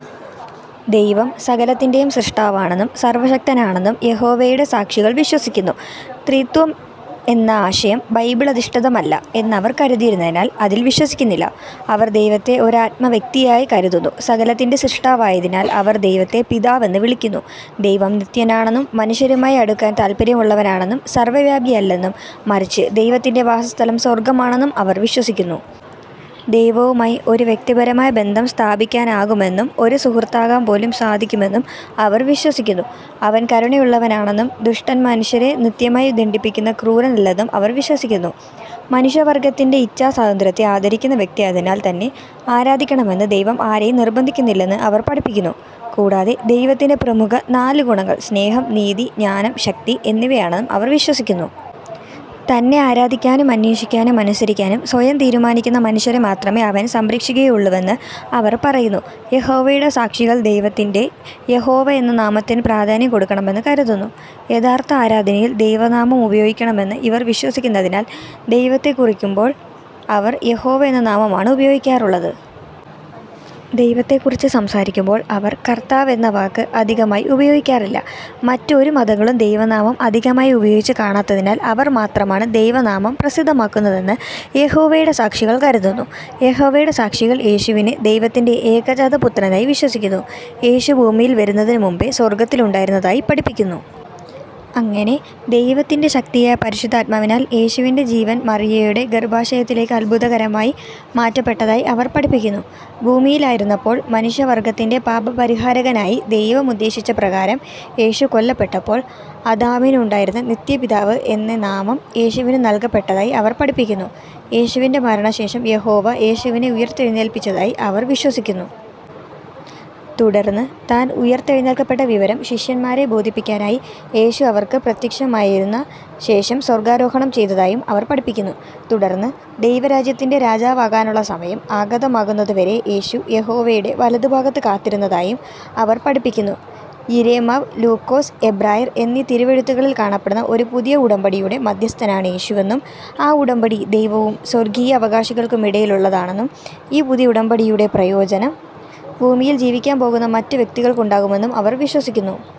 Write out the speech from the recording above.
ദൈവം സകലത്തിന്റെയും സ്രഷ്ടാവാണെന്നും സർവ്വശക്തനാണെന്നും യഹോവയുടെ സാക്ഷികൾ വിശ്വസിക്കുന്നു. ത്രിത്വം എന്ന ആശയം ബൈബിളധിഷ്ഠിതമല്ല എന്ന് അവർ കരുതുന്നതിനാൽ അതിൽ വിശ്വസിക്കുന്നില്ല. അവർ ദൈവത്തെ ഒരാത്മവ്യക്തിയായി കരുതുന്നു, സകലത്തിന്റെ സ്രഷ്ടാവായതിനാൽ അവർ ദൈവത്തെ പിതാവ് എന്ന് വിളിക്കുന്നു. ദൈവം നിത്യനാണെന്നും, മനുഷ്യരുമായി അടുക്കാൻ താല്പര്യമുള്ളവനാണെന്നും, സർവ്വവ്യാപിയല്ലെന്നും മറിച്ച് ദൈവത്തിന്റെ വാസസ്ഥലം സ്വർഗ്ഗമാണെന്നും അവർ വിശ്വസിക്കുന്നു. ദൈവവുമായി ഒരു വ്യക്തിപരമായ ബന്ധം സ്ഥാപിക്കാനാകുമെന്നും, ഒരു സുഹൃത്താകാൻ പോലും സാധിക്കുമെന്ന് അവർ വിശ്വസിക്കുന്നു. അവൻ കരുണയുള്ളവനാണെന്നും, ദുഷ്ടമനുഷ്യരെ നിത്യമായി ദണ്ഡിപ്പിക്കുന്ന ക്രൂരനല്ലെന്നും അവർ വിശ്വസിക്കുന്നു. മനുഷ്യവർഗ്ഗത്തിന്റെ ഇച്ഛാസ്വാതന്ത്ര്യത്തെ ആദരിക്കുന്ന വ്യക്തിയായതിനാൽ, തന്നെ ആരാധിക്കണമെന്ന് ദൈവം ആരെയും നിർബന്ധിക്കുന്നില്ലെന്ന് അവർ പഠിപ്പിക്കുന്നു. കൂടാതെ ദൈവത്തിന്റെ പ്രമുഖ നാല് ഗുണങ്ങൾ സ്നേഹം, നീതി, ജ്ഞാനം, ശക്തി എന്നിവയാണെന്നും അവർ വിശ്വസിക്കുന്നു. തന്നെ ആരാധിക്കാനും, അന്വേഷിക്കാനും, അനുസരിക്കാനും സ്വയം തീരുമാനിക്കുന്ന മനുഷ്യരെ മാത്രമേ അവൻ സംരക്ഷിക്കുകയുള്ളുവെന്ന് അവർ പറയുന്നു. യഹോവയുടെ സാക്ഷികൾ ദൈവത്തിന്റെ യഹോവ എന്ന നാമത്തിനു പ്രാധാന്യം കൊടുക്കണമെന്ന് കരുതുന്നു. യഥാർഥ ആരാധനയിൽ ദൈവനാമം ഉപയോഗിക്കണമെന്ന് ഇവർ വിശ്വസിക്കുന്നതിനാൽ, ദൈവത്തെകുറിക്കുമ്പോൾ അവർ യഹോവ എന്ന നാമമാണ് ഉപയോഗിക്കുന്നത്. ദൈവത്തെക്കുറിച്ച് സംസാരിക്കുമ്പോൾ അവർ "കർത്താവ്" എന്ന വാക്ക് അധികമായി ഉപയോഗിക്കാറില്ല. മറ്റ് ഒരു മതങ്ങളും ദൈവനാമം അധികമായി ഉപയോഗിച്ചു കാണാത്തതിനാൽ അവർ മാത്രമാണ് ദൈവനാമം പ്രസിദ്ധമാക്കുന്നതെന്ന് യഹോവയുടെ സാക്ഷികൾ കരുതുന്നു. യഹോവയുടെ സാക്ഷികൾ യേശുവിനെ ദൈവത്തിന്റെ ഏകജാതപുത്രനായി വിശ്വസിക്കുന്നു, യേശു ഭൂമിയിൽ വരുന്നതിനു മുൻപേ സ്വർഗത്തിൽ ഉണ്ടായിരുന്നതായി പഠിപ്പിക്കുന്നു. അങ്ങനെ ദൈവത്തിന്റെ ശക്തിയായ പരിശുദ്ധാത്മാവിനാൽ യേശുവിന്റെ ജീവൻ മറിയയുടെ ഗർഭാശയത്തിലേക്ക് അത്ഭുതകരമായി മാറ്റപ്പെട്ടതായി അവർ പഠിപ്പിക്കുന്നു. ഭൂമിയിലായിരുന്നപ്പോൾ മനുഷ്യവർഗ്ഗത്തിന്റെ പാപപരിഹാരകനായി ദൈവം ഉദ്ദേശിച്ച പ്രകാരം യേശു കൊല്ലപ്പെട്ടപ്പോൾ, അദാമിനു ഉണ്ടായിരുന്ന "നിത്യപിതാവ്" എന്ന നാമം യേശുവിനു നൽകപ്പെട്ടതായി അവർ പഠിപ്പിക്കുന്നു. യേശുവിന്റെ മരണശേഷം യഹോവ യേശുവിനെ ഉയർത്തെഴുന്നേൽപ്പിച്ചതായി അവർ വിശ്വസിക്കുന്നു. തുടർന്ന് താൻ ഉയർത്തേഴുന്നേൽക്കപ്പെട്ട വിവരം ശിഷ്യന്മാരെ ബോധിപ്പിക്കാനായി യേശു അവർക്ക് പ്രത്യക്ഷമായതിനു ശേഷം, സ്വർഗ്ഗാരോഹണം ചെയ്തതായും അവർ പഠിപ്പിക്കുന്നു. തുടർന്ന് ദൈവരാജ്യത്തിന്റെ രാജാവാകാനുള്ള സമയം ആഗതമാകുന്നതു വരെ യേശു യഹോവയുടെ വലത്തുഭാഗത്ത് കാത്തിരുന്നതായും അവർ പഠിപ്പിക്കുന്നു. യിരെമ്യാവ്, ലുക്കൊസ്, എബ്രായർ; എന്നീ തിരുവെഴുത്തുകളിൽ കാണപ്പെടുന്ന ഒരു "പുതിയ ഉടമ്പടിയുടെ" മദ്ധ്യസ്ഥനാണ് യേശുവെന്നും, ആ ഉടമ്പടി ദൈവവും സ്വർഗ്ഗിയ അവകാശികൾക്കുമിടയിലാണെന്നും, ഈ പുതിയ ഉടമ്പടിയുടെ പ്രയോജനം ഭൂമിയിൽ ജീവിക്കാൻ പോകുന്ന മറ്റ് വ്യക്തികൾക്കുമുണ്ടാകുമെന്നും അവർ വിശ്വസിക്കുന്നു.